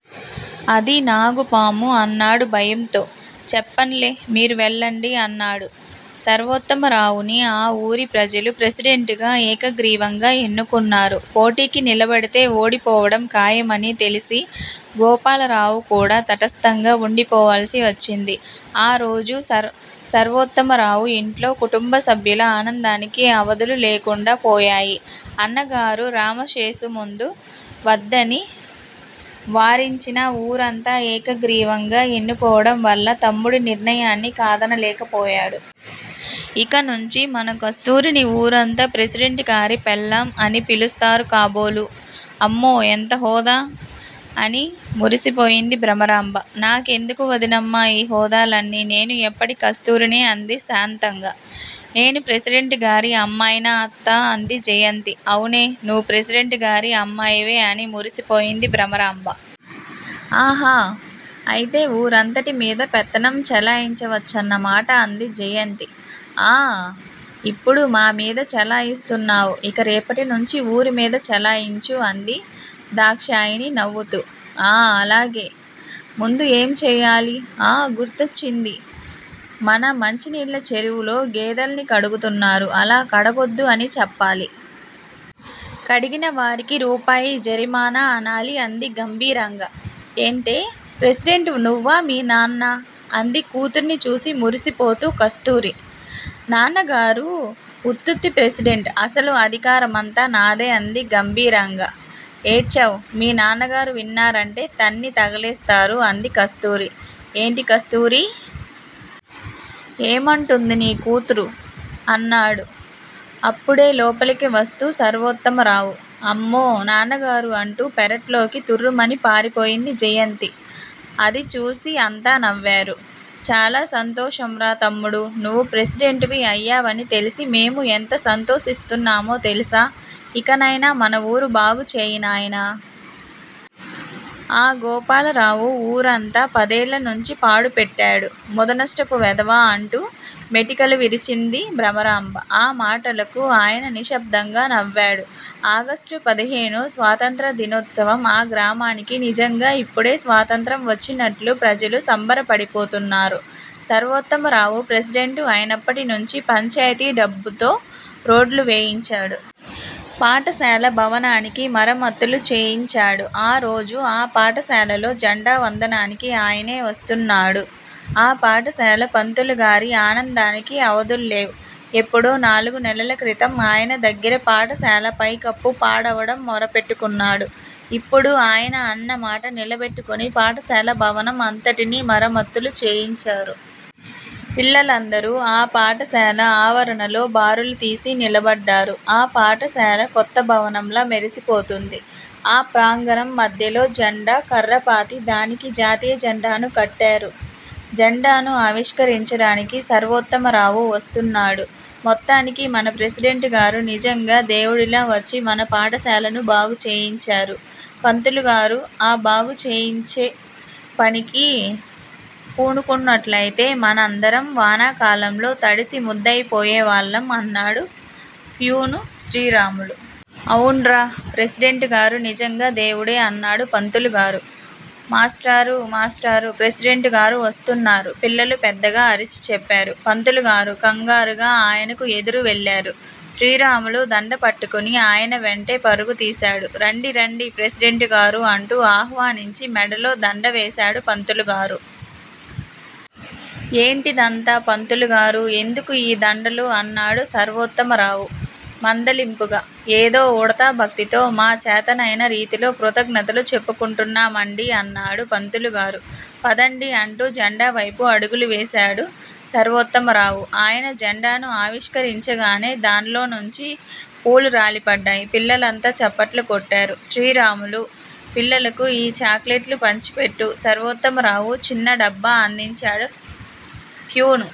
అది నాగుపాము అన్నాడు భయంతో. చెప్పన్లే! మీరు వెళ్ళండి అన్నాడు. సర్వోత్తమరావుని ఆ వూరి ప్రజలు ప్రెసిడెంటుగా ఏకగ్రీవంగా ఎన్నుకున్నారు. పోటికి నిలబడితే ఓడిపోవటం ఖాయమని తెలిసి గోపాలరావు కూడా తటస్థంగా వుండిపోవాల్సి వచ్చింది. ఆరోజు సర్వోత్తమరావు ఇంట్లో కుటుంబసభ్యుల ఆనందానికి అవధులులేకుండా పోయాయి. అన్నగారు రామశేషు ముందు వద్దని వారించినా ఊరంతా ఏకగ్రీవంగా ఎన్నుకోవడం వల్ల తమ్ముడి నిర్ణయాన్ని కాదనలేకపోయాడు. ఇక నుంచి మన కస్తూరిని ఊరంతా ప్రెసిడెంటుగారి పెళ్ళాం అని పిలుస్తారు కాబోలు! అమ్మో ఎంత హోదా! అని మురిసిపోయింది భ్రమరాంబ. నాకెందుకు వదినమ్మా ఈ హోదాలన్నీ నేను ఎప్పటి కస్తురినే అంది శాంతంగా. నేను ప్రెసిడెంటుగారి అమ్మాయినా అత్తా?! అంది జయంతి. అవునే నువ్వు ప్రెసిడెంటుగారి అమ్మాయివే అని మురిసిపోయింది భ్రమరాంబ. ఆహా! అయితే ఊరంతటిమీద పెత్తనం చెలాయించవచ్చునమాట అంది జయంతి. ఆ ఇప్పుడు మామీద చెలాయిస్తున్నావు. ఇక రేపటినుంచి ఊరుమీద చెలాయించు అంది దాక్షాయణి నవ్వుతూ. ఆ అలాగే, ముందు ఏం చేయాలి? ఆ! గుర్తొచ్చింది. మన మంచినీళ్ళ చెరువులో గేదెల్ని కడుగుతున్నారు. అలా కడగొద్దు అని చెప్పాలి. కడిగిన వారికీ రూపాయి జరిమానా అనాలి అంది గంభీరంగా. ఏంటే! ప్రెసిడెంటునువ్వా, మీ నాన్నా? అంది కూతుర్ని చూసి మురిసిపోతూ కస్తూరి. నాన్నగారు ఉత్తిత్తి ప్రెసిడెంట్ అసలు అధికారమంతా నాదే అంది గంభీరంగా. ఏడ్చావ్! మీ నాన్నగారు విన్నారంటే తన్ని తగలేస్తారు అంది కస్తూరి. ఏంటి కస్తూరి! ఏమంటుంది నీ కూతురు? అన్నాడు అప్పుడే లోపలికి వస్తూ సర్వోత్తమరావు. అమ్మో! నాన్నగారు అంటూ పెరట్లోకి తుర్రుమని పారిపోయింది జయంతి. అది చూసి అంతా నవ్వారు. చాలా సంతోషంరా తమ్ముడూ. నువ్వు ప్రెసిడెంటువి అయ్యావని తెలిసి మేము ఎంత సంతోషిస్తున్నామో తెలుసా? ఇకనైనా మన ఊరు బాగుచేయి నాయనా. ఆ గోపాలరావు ఊరంతా పదేళ్ళనుంచి పాడు పెట్టాడు. ముదనష్టపు వెధవ అంటూ మెటికలు విరిచింది భ్రమరాంబ. ఆ మాటలకు అయన నిశ్శబ్దంగా నవ్వాడు. ఆగస్టు పదిహేను స్వాతంత్ర్య దినోత్సవం. ఆ గ్రామానికి నిజంగా ఇప్పుడే స్వాతంత్ర్యం వచ్చినట్లు ప్రజలు సంబరపడిపోతున్నారు. సర్వోత్తమరావు ప్రెసిడెంటు అయినప్పటి నుంచి పంచాయితీ డబ్బుతో రోడ్లు వేయించాడు. పాఠశాల భవనానికి మరమత్తులు చేయించాడు. ఆరోజు ఆ పాఠశాలలో జెండా వందనానికి ఆయనే వస్తున్నాడు. ఆ పాఠశాల పంతులుగారి ఆనందానికి అవధుల్లేవు. ఎప్పుడో నాలుగు నెలల క్రితం అయన దగ్గర పాఠశాల పైకప్పు పాడవటం మొరపెట్టుకున్నాడు. ఇప్పుడు అయన అన్నమాట నిలబెట్టుకుని పాఠశాల భవనం అంతటిని మరమత్తులు చేయించారు. పిల్లలందరూ ఆ పాఠశాల ఆవరణలో బారులుతీసి నిలబడ్డారు. ఆ పాఠశాల కొత్త భవనంలా మెరిసిపోతుంది. ఆ ప్రాంగణం మధ్యలో జెండా కర్రపాతి దానికి జాతీయజెండాను కట్టారు. జెండాను ఆవిష్కరించటానికి సర్వోత్తమరావు వస్తున్నాడు. మొత్తానికి మన ప్రెసిడెంటుగారు నిజంగా దేవుడిలా వచ్చి మన పాఠశాలను బాగుచేయించారు, పంతులుగారు ఆ బాగుచేయించే పనికి పునుకోనట్లయితే మనందరం వానాకాలంలో తడిసి ముద్దయిపోయేవాళ్ళం అన్నాడు ఫ్యూను శ్రీరాములు. అవున్రా! ప్రెసిడెంటుగారు నిజంగా దేవుడే అన్నాడు పంతులుగారు. మాస్టారు మాస్టారు! ప్రెసిడెంటుగారు వస్తున్నారు పిల్లలు పెద్దగా అరిచి చెప్పారు. పంతులుగారు కంగారుగా ఆయనకు ఎదురు వెళ్ళారు, శ్రీరాములు దండపట్టుకుని అయన వెంటే పరుగుతీశాడు. రండి రండి ప్రెసిడెంటుగారూ అంటూ ఆహ్వానించి మెడలో దండ వేశాడు పంతులుగారు. ఏంటిదంతా పంతులుగారు ఎందుకు ఈ దండలు? అన్నాడు సర్వోత్తమరావు మందలింపుగా. ఏదో ఉడతాభక్తితో మా చేతనైన రీతిలో కృతజ్ఞతలు చెప్పుకుంటున్నామండి అన్నాడు పంతులుగారు. పదండి అంటూ జెండావేపు అడుగులు వేశాడు సర్వోత్తమరావు. అయన జెండాను ఆవిష్కరించగానే దాన్లోనుంచి పూలురాలిపడ్డాయి. పిల్లలంతా చప్పట్లు కొట్టారు. శ్రీరాములు! పిల్లలకు ఈ చాక్లెట్లు పంచిపెట్టు సర్వోత్తమరావు చిన్న డబ్బా అందించాడు. ఫ్యూను